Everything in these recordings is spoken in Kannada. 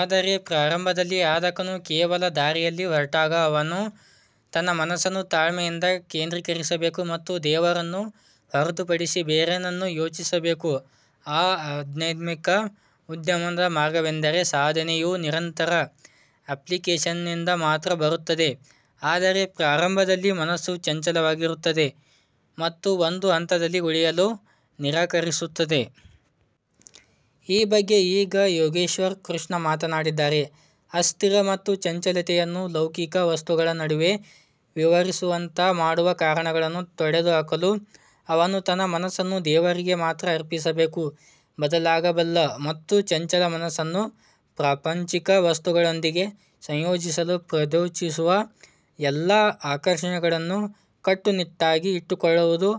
ಆದರೆ ಪ್ರಾರಂಭದಲ್ಲಿ ಆರಾಧಕನು ಕೇವಲ ದಾರಿಯಲ್ಲಿ ಹೊರಟಾಗ ಅವನು ತನ್ನ ಮನಸ್ಸನ್ನು ತಾಳ್ಮೆಯಿಂದ ಕೇಂದ್ರೀಕರಿಸಬೇಕು ಮತ್ತು ದೇವರನ್ನು ಹೊರತುಪಡಿಸಿ ಬೇರೇನನ್ನೂ ಯೋಚಿಸಬೇಕು. ಈ ಆಧ್ಯಾತ್ಮಿಕ ಉದ್ಯಮದ ಮಾರ್ಗವೆಂದರೆ ಸಾಧನೆಯು ನಿರಂತರ ಅಪ್ಲಿಕೇಶನ್ನಿಂದ ಮಾತ್ರ ಬರುತ್ತದೆ ಆದರೆ ಪ್ರಾರಂಭದಲ್ಲಿ ಮನಸ್ಸು ಚಂಚಲವಾಗಿರುತ್ತದೆ ಮತ್ತು ಒಂದು ಹಂತದಲ್ಲಿ ಉಳಿಯಲು ನಿರಾಕರಿಸುತ್ತದೆ. ಈ ಬಗ್ಗೆ ಈಗ ಯೋಗೇಶ್ವರ ಕೃಷ್ಣ ಮಾತನಾಡಿದ್ದಾರೆ. ಅಸ್ಥಿರ ಮತ್ತು ಚಂಚಲತೆಯನ್ನು ಲೌಕಿಕ ವಸ್ತುಗಳ ನಡುವೆ ವಿಹರಿಸುವಂತೆ ಮಾಡುವ ಕಾರಣಗಳನ್ನು ತೊಡೆದುಹಾಕಲು ಅವನು ತನ್ನ ಮನಸ್ಸನ್ನು ದೇವರಿಗೆ ಮಾತ್ರ ಅರ್ಪಿಸಬೇಕು. ಬದಲಾಗಬಲ್ಲ ಮತ್ತು ಚಂಚಲ ಮನಸ್ಸನ್ನು ಪ್ರಾಪಂಚಿಕ ವಸ್ತುಗಳೊಂದಿಗೆ ಸಂಯೋಜಿಸಲು ಪ್ರಚೋದಿಸುವ ಎಲ್ಲಾ ಆಕರ್ಷಣೆಗಳನ್ನು ಕಟ್ಟುನಿಟ್ಟಾಗಿ ಇಟ್ಟುಕೊಳ್ಳುವುದು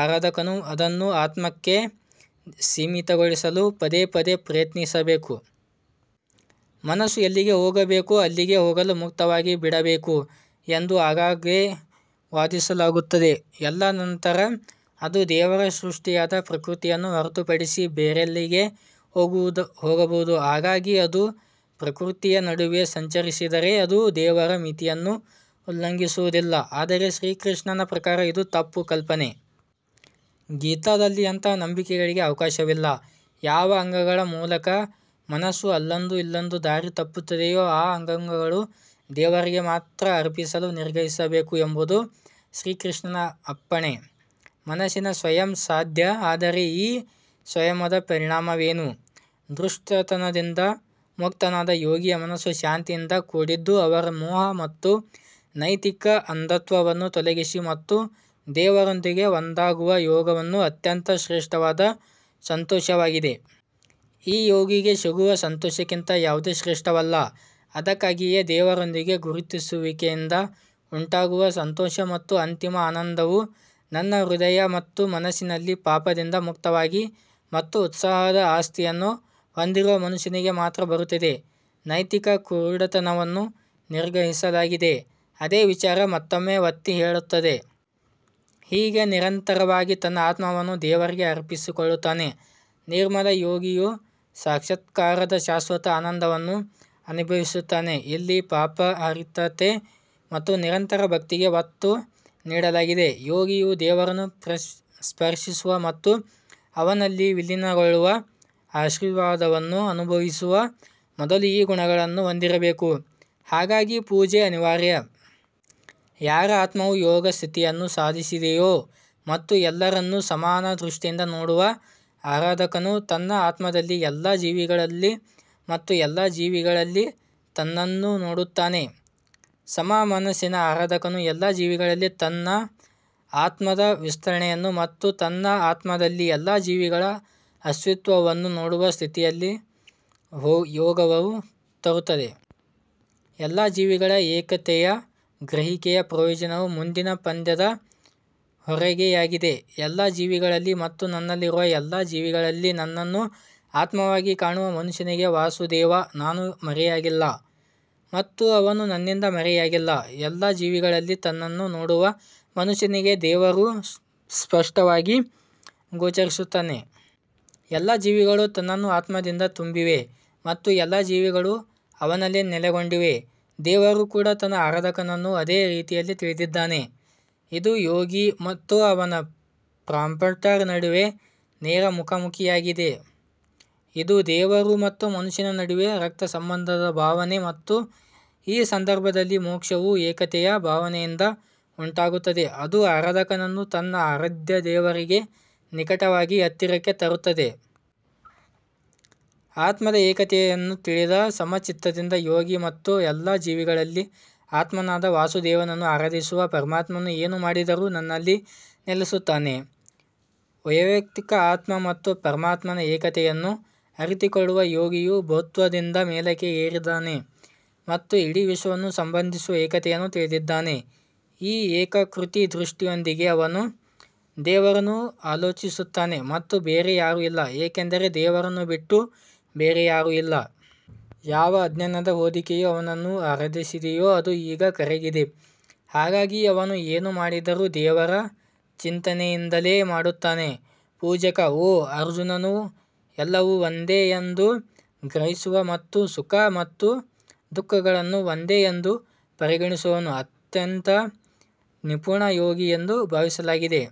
ಆರಾಧಕನು ಅದನ್ನು ಆತ್ಮಕ್ಕೆ ಸೀಮಿತಗೊಳಿಸಲು ಪದೇ ಪದೇ ಪ್ರಯತ್ನಿಸಬೇಕು. ಮನಸ್ಸು ಎಲ್ಲಿಗೆ ಹೋಗಬೇಕೋ ಅಲ್ಲಿಗೆ ಹೋಗಲು ಮುಕ್ತವಾಗಿ ಬಿಡಬೇಕು ಎಂದು ಆಗಾಗ್ಗೆ ವಾದಿಸಲಾಗುತ್ತದೆ. ಎಲ್ಲಾ ನಂತರ ಅದು ದೇವರ ಸೃಷ್ಟಿಯಾದ ಪ್ರಕೃತಿಯನ್ನು ಹೊರತುಪಡಿಸಿ ಬೇರೆಲ್ಲಿಗೆ ಹೋಗಬಹುದು. ಹಾಗಾಗಿ ಅದು ಪ್ರಕೃತಿಯ ನಡುವೆ ಸಂಚರಿಸಿದರೆ ಅದು ದೇವರ ಮಿತಿಯನ್ನು ಉಲ್ಲಂಘಿಸುವುದಿಲ್ಲ. ಆದರೆ ಶ್ರೀಕೃಷ್ಣನ ಪ್ರಕಾರ ಇದು ತಪ್ಪು ಕಲ್ಪನೆ. ಗೀತಾದಲ್ಲಿ ಅಂತಹ ನಂಬಿಕೆಗಳಿಗೆ ಅವಕಾಶವಿಲ್ಲ. ಯಾವ ಅಂಗಗಳ ಮೂಲಕ ಮನಸ್ಸು ಅಲ್ಲೊಂದು ಇಲ್ಲೊಂದು ದಾರಿ ತಪ್ಪುತ್ತಿದೆಯೋ ಆ ಅಂಗಗಳನ್ನು ದೇವರಿಗೆ ಮಾತ್ರ ಅರ್ಪಿಸಲು ನಿಗ್ರಹಿಸಬೇಕು ಎಂಬುದು ಶ್ರೀಕೃಷ್ಣನ ಅಪ್ಪಣೆ. ಮನಸ್ಸಿನ ಸಂಯಮ ಸಾಧ್ಯ ಆದರೆ ಈ ಸಂಯಮದ ಪರಿಣಾಮವೇನು. ದುಷ್ಟತನದಿಂದ ಮುಕ್ತನಾದ ಯೋಗಿಯ ಮನಸ್ಸು ಶಾಂತಿಯಿಂದ ಕೂಡಿದ್ದು ಅವರ ಮೋಹ ಮತ್ತು ನೈತಿಕ ಅಂಧತ್ವವನ್ನು ತೊಲಗಿಸಿ ಮತ್ತು ದೇವರೊಂದಿಗೆ ಒಂದಾಗುವ ಯೋಗವು ಅತ್ಯಂತ ಶ್ರೇಷ್ಠವಾದ ಸಂತೋಷವಾಗಿದೆ. ಈ ಯೋಗಿಗೆ ಸಿಗುವ ಸಂತೋಷಕ್ಕಿಂತ ಯಾವುದೂ ಶ್ರೇಷ್ಠವಲ್ಲ. ಅದಕ್ಕಾಗಿಯೇ ದೇವರೊಂದಿಗೆ ಗುರುತಿಸುವಿಕೆಯಿಂದ ಉಂಟಾಗುವ ಸಂತೋಷ ಮತ್ತು ಈ ಅಂತಿಮ ಆನಂದವು ತನ್ನ ಹೃದಯ ಮತ್ತು ಮನಸ್ಸಿನಲ್ಲಿ ಪಾಪದಿಂದ ಮುಕ್ತವಾಗಿ ಮತ್ತು ಉತ್ಸಾಹದ ಆಸ್ತಿಯನ್ನು ಹೊಂದಿರುವ ಮನುಷ್ಯನಿಗೆ ಮಾತ್ರ ಬರುತ್ತದೆ. ನೈತಿಕ ಕುರುಡುತನವನ್ನು ನಿಗ್ರಹಿಸಲಾಗಿದೆ. ಅದೇ ವಿಚಾರ ಮತ್ತೊಮ್ಮೆ ಒತ್ತಿ ಹೇಳುತ್ತದೆ. ಹೀಗೆ ನಿರಂತರವಾಗಿ ತನ್ನ ಆತ್ಮವನ್ನು ದೇವರಿಗೆ ಅರ್ಪಿಸಿಕೊಳ್ಳುತ್ತಾ ನಿರ್ಮಲ ಯೋಗಿಯು ಸಾಕ್ಷಾತ್ಕಾರದ ಶಾಶ್ವತ ಆನಂದವನ್ನು ಅನುಭವಿಸುತ್ತಾನೆ. ಇಲ್ಲಿ ಪಾಪರಹಿತತೆ ಮತ್ತು ನಿರಂತರ ಭಕ್ತಿಗೆ ಒತ್ತು ನೀಡಲಾಗಿದೆ. ಯೋಗಿಯು ದೇವರನ್ನು ಸ್ಪರ್ಶಿಸುವ ಮತ್ತು ಅವನಲ್ಲಿ ವಿಲೀನಗೊಳ್ಳುವ ಆಶೀರ್ವಾದವನ್ನು ಅನುಭವಿಸುವ ಮೊದಲು ಈ ಗುಣಗಳನ್ನು ಹೊಂದಿರಬೇಕು. ಹಾಗಾಗಿ ಪೂಜೆ ಅನಿವಾರ್ಯ. ಯಾರ ಆತ್ಮವು ಯೋಗ ಸ್ಥಿತಿಯನ್ನು ಸಾಧಿಸಿದೆಯೋ ಮತ್ತು ಎಲ್ಲರನ್ನು ಸಮಾನ ದೃಷ್ಟಿಯಿಂದ ನೋಡುವ ಆರಾಧಕನು ತನ್ನ ಆತ್ಮದಲ್ಲಿ ಎಲ್ಲಾ ಜೀವಿಗಳಲ್ಲಿ ಮತ್ತು ಎಲ್ಲಾ ಜೀವಿಗಳಲ್ಲಿ ತನ್ನನ್ನು ನೋಡುತ್ತಾನೆ. ಸಮ ಮನಸ್ಸಿನ ಆರಾಧಕನು ಎಲ್ಲಾ ಜೀವಿಗಳಲ್ಲಿ ತನ್ನ ಆತ್ಮದ ವಿಸ್ತರಣೆಯನ್ನು ಮತ್ತು ತನ್ನ ಆತ್ಮದಲ್ಲಿ ಎಲ್ಲಾ ಜೀವಿಗಳ ಅಸ್ತಿತ್ವವನ್ನು ನೋಡುವ ಸ್ಥಿತಿಯನ್ನು ಯೋಗವು ತರುತ್ತದೆ. ಎಲ್ಲಾ ಜೀವಿಗಳ ಈ ಏಕತೆಯ ಗ್ರಹಿಕೆಯ ಪ್ರಯೋಜನವು ಮುಂದಿನ ಪದ್ಯದ ಹೊರೆಯಾಗಿದೆ. ಎಲ್ಲಾ ಜೀವಿಗಳಲ್ಲಿ ಮತ್ತು ನನ್ನಲ್ಲಿರುವ ಎಲ್ಲಾ ಜೀವಿಗಳಲ್ಲಿ ನನ್ನನ್ನು ಆತ್ಮವಾಗಿ ಕಾಣುವ ಮನುಷ್ಯನಿಗೆ ವಾಸುದೇವ ನಾನು ಮರೆಯಾಗಿಲ್ಲ ಮತ್ತು ಅವನು ನನ್ನಿಂದ ಮರೆಯಾಗಿಲ್ಲ. ಎಲ್ಲಾ ಜೀವಿಗಳಲ್ಲಿ ತನ್ನನ್ನು ನೋಡುವ ಮನುಷ್ಯನಿಗೆ ದೇವರು ಸ್ಪಷ್ಟವಾಗಿ ಗೋಚರಿಸುತ್ತಾನೆ. ಎಲ್ಲಾ ಜೀವಿಗಳು ಅವನ ಆತ್ಮದಿಂದ ತುಂಬಿವೆ ಮತ್ತು ಎಲ್ಲಾ ಜೀವಿಗಳು ಅವನಲ್ಲಿ ನೆಲೆಗೊಂಡಿವೆ. ದೇವರು ಕೂಡ ತನ್ನ ಆರಾಧಕನನ್ನು ಅದೇ ರೀತಿಯಲ್ಲಿ ತಿಳಿದಿದ್ದಾನೆ. ಇದು ಯೋಗಿ ಮತ್ತು ಅವನ ಪ್ರಾಂಪ್ಟರ್ ನಡುವಿನ ನೇರ ಮುಖಾಮುಖಿಯಾಗಿದೆ. ಇದು ದೇವರು ಮತ್ತು ಮನುಷ್ಯನ ನಡುವಿನ ರಕ್ತಸಂಬಂಧದ ಭಾವನೆ ಮತ್ತು ಈ ಸಂದರ್ಭದಲ್ಲಿ ಮೋಕ್ಷವು ಏಕತೆಯ ಭಾವನೆಯಿಂದ ಉಂಟಾಗುತ್ತದೆ ಅದು ಆರಾಧಕನನ್ನು ತನ್ನ ಆರಾಧ್ಯ ದೇವರಿಗೆ ನಿಕಟವಾಗಿ ಹತ್ತಿರಕ್ಕೆ ತರುತ್ತದೆ. ಆತ್ಮದ ಏಕತೆಯನ್ನು ತಿಳಿದ ಸಮಚಿತ್ತದ ಯೋಗಿ ಮತ್ತು ಎಲ್ಲಾ ಜೀವಿಗಳಲ್ಲಿ ಆತ್ಮನಾದ ವಾಸುದೇವನನ್ನು ಆರಾಧಿಸುವ ಪರಮಾತ್ಮನು ಏನು ಮಾಡಿದರೂ ನನ್ನಲ್ಲಿ ನೆಲೆಸುತ್ತಾನೆ. ವೈಯಕ್ತಿಕ ಆತ್ಮ ಮತ್ತು ಪರಮಾತ್ಮನ ಏಕತೆಯನ್ನು ಅರಿತುಕೊಳ್ಳುವ ಯೋಗಿಯು ಬಹುತ್ವದಿಂದ ಮೇಲಕ್ಕೆ ಏರಿದ್ದಾನೆ ಮತ್ತು ಇಡೀ ವಿಶ್ವವನ್ನು ಬಂಧಿಸುವ ಏಕತೆಯನ್ನು ತಿಳಿದಿದ್ದಾನೆ. ಈ ಏಕೀಕೃತ ದೃಷ್ಟಿಯೊಂದಿಗೆ ಅವನು ದೇವರನ್ನು ಆಲೋಚಿಸುತ್ತಾನೆ ಮತ್ತು ಬೇರೆ ಯಾರೂ ಇಲ್ಲ ಏಕೆಂದರೆ ದೇವರನ್ನು ಬಿಟ್ಟು ಬೇರೆ ಯಾರೂ ಇಲ್ಲ. ಯಾವ ಅಜ್ಞಾನದ ಹೊದಿಕೆಯು ಅವನನ್ನು ಆವರಿಸಿದೆಯೋ ಅದು ಈಗ ಕರಗಿದೆ. ಹಾಗಾಗಿ ಅವನು ಏನು ಮಾಡಿದರೂ ದೇವರ ಚಿಂತನೆಯಿಂದಲೇ ಮಾಡುತ್ತಾನೆ. ಪೂಜಕ ಓ ಅರ್ಜುನನು ಎಲ್ಲವನ್ನು ಒಂದೇ ಎಂದು ಗ್ರಹಿಸುವ ಮತ್ತು ಸುಖ ಮತ್ತು ದುಃಖಗಳನ್ನು ಒಂದೇ ಎಂದು ಪರಿಗಣಿಸುವವನು ಅತ್ಯಂತ ನಿಪುಣ ಯೋಗಿ ಎಂದು ಭಾವಿಸಲಾಗಿದೆ.